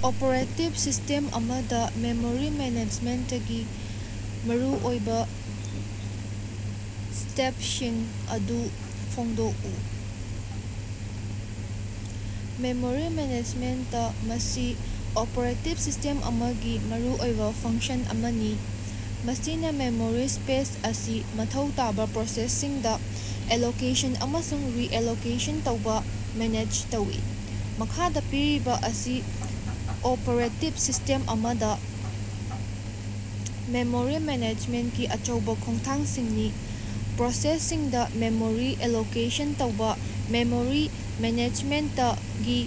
Operating system ꯑꯃꯗꯥ memory ꯃꯦꯅꯦꯖꯃꯦꯟꯇꯒꯤ ꯃꯔꯨꯑꯣꯏꯕꯥ ꯁ꯭ꯇꯦꯄꯁꯤꯡ ꯑꯗꯨ ꯐꯣꯡꯗꯣꯛꯎ꯫ ꯃꯦꯃꯣꯔꯤ ꯃꯦꯅꯦꯖꯃꯦꯟꯇ ꯑꯁꯤ ꯑꯣꯄꯔꯦꯇꯤꯞ ꯁꯤꯁ꯭ꯇꯦꯝ ꯑꯃꯒꯤ ꯃꯔꯨꯑꯣꯏꯕꯥ ꯐꯪꯁꯟ ꯑꯃꯅꯤ, ꯃꯁꯤꯅꯥ ꯃꯦꯃꯣꯔꯤ ꯁ꯭ꯄꯦꯁ ꯑꯁꯤ ꯃꯊꯧ ꯇꯥꯕꯥ ꯄ꯭ꯔꯣꯁꯦꯁꯁꯤꯡꯗꯥ ꯑꯦꯂꯣꯀꯦꯁꯟ ꯑꯃꯁꯨꯡ ꯔꯤꯑꯦꯂꯣꯀꯦꯁꯟ ꯇꯧꯕꯥ ꯃꯦꯅꯦꯖ ꯇꯧꯏ꯫ ꯃꯈꯥꯗꯥ ꯄꯤꯔꯤꯕꯥ ꯃꯁꯤ ꯑꯣꯄꯔꯦꯇꯤꯞ ꯁꯤꯁ꯭ꯇꯦꯝ ꯑꯃꯗꯥ ꯃꯦꯃꯣꯔꯤ ꯃꯦꯅꯦꯖꯃꯦꯟꯇꯀꯤ ꯑꯆꯧꯕꯥ ꯈꯣꯡꯊꯥꯡꯁꯤꯡꯅꯤ: ꯄ꯭ꯔꯣꯁꯦꯁꯁꯤꯡꯗꯥ ꯃꯦꯃꯣꯔꯤ ꯑꯦꯂꯣꯀꯦꯁꯟ ꯇꯧꯕꯥ: ꯃꯦꯃꯣꯔꯤ ꯃꯦꯅꯦꯖꯃꯦꯟꯇꯒꯤ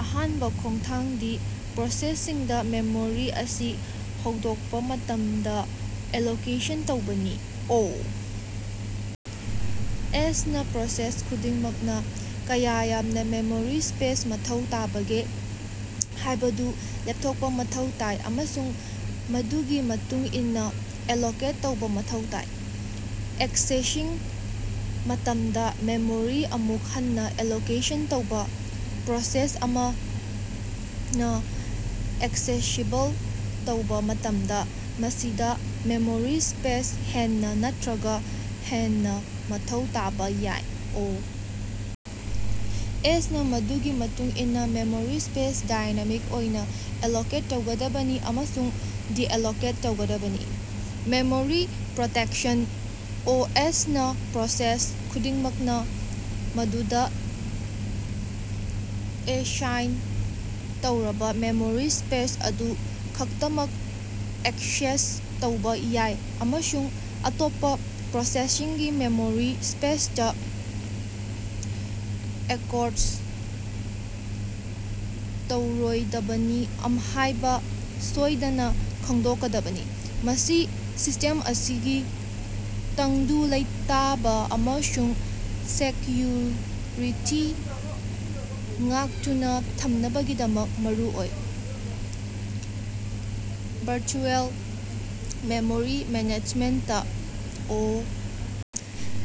ꯑꯍꯥꯟꯕꯥ ꯈꯣꯡꯊꯥꯡꯗꯤ ꯄ꯭ꯔꯣꯁꯦꯁꯁꯤꯡꯗꯥ ꯃꯦꯃꯣꯔꯤ ꯑꯁꯤ ꯍꯧꯗꯣꯛꯄꯥ ꯃꯇꯝꯗꯥ ꯑꯦꯂꯣꯀꯦꯁꯟ ꯇꯧꯕꯅꯤ꯫ ꯑꯣ. ꯑꯦꯁ. ꯅꯥ ꯄ꯭ꯔꯣꯁꯦꯁ ꯈꯨꯗꯤꯡꯃꯛꯅꯥ ꯀꯌꯥ ꯌꯥꯝꯅꯥ ꯃꯦꯃꯣꯔꯤ ꯁ꯭ꯄꯦꯁ ꯃꯊꯧ ꯇꯥꯕꯒꯦ ꯍꯥꯏꯕꯗꯨ ꯂꯦꯞꯊꯣꯛꯄꯥ ꯃꯊꯧ ꯇꯥꯏ ꯑꯃꯁꯨꯡ ꯃꯗꯨꯒꯤ ꯃꯇꯨꯡ ꯏꯟꯅꯥ ꯑꯦꯂꯣꯀꯦꯠ ꯇꯧꯕꯥ ꯃꯊꯧ ꯇꯥꯏ꯫ ꯑꯦꯛꯁꯦꯁꯤꯡ ꯃꯇꯝꯗꯥ ꯃꯦꯃꯣꯔꯤ ꯑꯃꯨꯛ ꯍꯟꯅꯥ ꯑꯦꯂꯣꯀꯦꯁꯟ ꯇꯧꯕꯥ: ꯄ꯭ꯔꯣꯁꯦꯁ ꯑꯃꯅꯥ ꯑꯦꯛꯁꯦꯁꯤꯕꯜ ꯇꯧꯕꯥ ꯃꯇꯝꯗꯥ, ꯃꯁꯤꯗꯥ ꯃꯦꯃꯣꯔꯤ ꯁ꯭ꯄꯦꯁ ꯍꯦꯟꯅꯥ ꯅꯠꯇꯔꯒꯥ ꯍꯦꯟꯅꯥ ꯃꯊꯧ ꯇꯥꯕꯥ ꯌꯥꯏ꯫ ꯑꯣ. ꯑꯦꯁ. ꯅꯥ ꯃꯗꯨꯒꯤ ꯃꯇꯨꯡ ꯏꯟꯅꯥ ꯃꯦꯃꯣꯔꯤ ꯁ꯭ꯄꯦꯁ ꯗꯥꯏꯅꯥꯃꯤꯛ ꯑꯣꯏꯅꯥ ꯑꯦꯂꯣꯀꯦꯠ ꯇꯧꯒꯗꯕꯅꯤ ꯑꯃꯁꯨꯡ ꯗꯤꯑꯦꯂꯣꯀꯦꯠ ꯇꯧꯒꯗꯕꯅꯤ꯫ ꯃꯦꯃꯣꯔꯤ ꯄ꯭ꯔꯣꯇꯦꯛꯁꯟ: ꯑꯣ. ꯑꯦꯁ. ꯅꯥ ꯄ꯭ꯔꯣꯁꯦꯁ ꯈꯨꯗꯤꯡꯃꯛꯅꯥ ꯃꯗꯨꯗꯥ ꯑꯦꯁꯥꯏꯟ ꯇꯧꯔꯕꯥ ꯃꯦꯃꯣꯔꯤ ꯁ꯭ꯄꯦꯁ ꯑꯗꯨ ꯈꯛꯇꯃꯛ ꯑꯦꯛꯁꯦꯁ ꯇꯧꯕꯥ ꯌꯥꯏ ꯑꯃꯁꯨꯡ ꯑꯇꯣꯞꯄꯥ ꯄ꯭ꯔꯣꯁꯦꯁꯁꯤꯡꯒꯤ ꯃꯦꯃꯣꯔꯤ ꯁ꯭ꯄꯦꯁꯇꯥ ꯑꯦꯛꯀꯔꯣꯁ ꯇꯧꯔꯣꯏꯗꯕꯅꯤ ꯍꯥꯏꯕꯥ ꯁꯣꯏꯗꯅꯥ ꯈꯪꯗꯣꯛꯀꯗꯕꯅꯤ꯫ ꯃꯁꯤ ꯁꯤꯁ꯭ꯇꯦꯝ ꯑꯁꯤꯒꯤ ꯇꯪꯗꯨ ꯂꯩꯇꯥꯕꯥ ꯑꯃꯁꯨꯡ ꯁꯦꯛꯌꯨꯔꯤꯇꯤ ꯉꯥꯛꯇꯨꯅꯥ ꯊꯝꯅꯕꯒꯤꯗꯃꯛ ꯃꯔꯨꯑꯣꯏ꯫ Virtual memory management: O.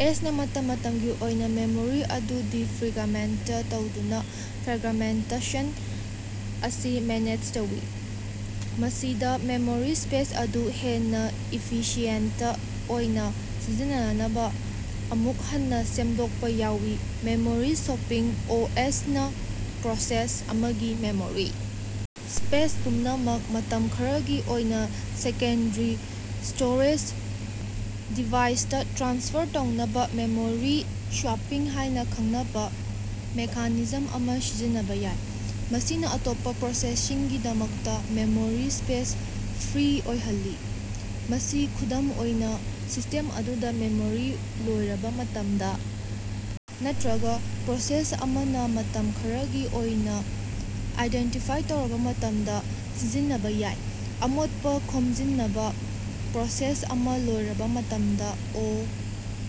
S. ꯅꯥ ꯃꯇꯝ ꯃꯇꯝꯒꯤ ꯑꯣꯏꯅꯥ ꯃꯦꯃꯣꯔꯤ ꯑꯗꯨ ꯗꯤꯐ꯭ꯔꯦꯒꯃꯦꯟꯇ ꯇꯧꯗꯨꯅꯥ ꯐ꯭ꯔꯒꯃꯦꯟꯇꯦꯁꯟ ꯑꯁꯤ ꯃꯦꯅꯦꯖ ꯇꯧꯏ, ꯃꯁꯤꯗꯥ ꯃꯦꯃꯣꯔꯤ ꯁ꯭ꯄꯦꯁ ꯑꯗꯨ ꯍꯦꯟꯅꯥ ꯏꯐꯤꯁꯤꯑꯦꯟꯇ ꯑꯣꯏꯅꯥ ꯁꯤꯖꯤꯟꯅꯅꯕꯥ ꯑꯃꯨꯛ ꯍꯟꯅꯥ ꯁꯦꯝꯗꯣꯛꯄꯥ ꯌꯥꯎꯏ꯫ ꯃꯦꯃꯣꯔꯤ ꯁꯣꯄꯤꯡ: ꯑꯣ. ꯑꯦꯁ. ꯅꯥ ꯄ꯭ꯔꯣꯁꯦꯁ ꯑꯃꯒꯤ ꯃꯦꯃꯣꯔꯤ ꯁ꯭ꯄꯦꯁ ꯄꯨꯝꯅꯃꯛ ꯃꯇꯝ ꯈꯔꯒꯤ ꯑꯣꯏꯅꯥ ꯁꯦꯀꯦꯟꯗꯔꯤ ꯁ꯭ꯇꯣꯔꯦꯖ ꯗꯤꯚꯥꯏꯁꯇꯥ ꯇ꯭ꯔꯥꯟꯁꯐꯔ ꯇꯧꯅꯕꯥ ꯃꯦꯃꯣꯔꯤ ꯁꯣꯞꯄꯤꯡ ꯍꯥꯏꯅꯥ ꯈꯪꯅꯕꯥ ꯃꯦꯀꯥꯅꯤꯖꯝ ꯑꯃꯥ ꯁꯤꯖꯤꯟꯅꯕꯥ ꯌꯥꯏ, ꯃꯁꯤꯅꯥ ꯑꯇꯣꯞꯄꯥ ꯄ꯭ꯔꯣꯁꯦꯁꯁꯤꯡꯒꯤꯗꯃꯛꯇꯥ ꯃꯦꯃꯣꯔꯤ ꯁ꯭ꯄꯦꯁ ꯐ꯭ꯔꯤ ꯑꯣꯏꯍꯜꯂꯤ꯫ ꯃꯁꯤ ꯈꯨꯗꯝ ꯑꯣꯏꯅꯥ, ꯁꯤꯁ꯭ꯇꯦꯝ ꯑꯗꯨꯗꯥ ꯃꯦꯃꯣꯔꯤ ꯂꯣꯏꯔꯕꯥ ꯃꯇꯝꯗꯥ ꯅꯠꯇꯔꯒꯥ ꯄ꯭ꯔꯣꯁꯦꯁ ꯑꯃꯅꯥ ꯃꯇꯝ ꯈꯔꯒꯤ ꯑꯣꯏꯅꯥ ꯑꯥꯏꯗꯦꯟꯇꯤꯐꯥꯏ ꯇꯧꯔꯕꯥ ꯃꯇꯝꯗꯥ ꯁꯤꯖꯤꯟꯅꯕꯥ ꯌꯥꯏ꯫ ꯑꯃꯣꯠꯄꯥ ꯈꯣꯝꯖꯤꯅꯕꯥ: ꯄ꯭ꯔꯣꯁꯦꯁ ꯑꯃꯥ ꯂꯣꯏꯔꯕꯥ ꯃꯇꯝꯗꯥ ꯑꯣ꯫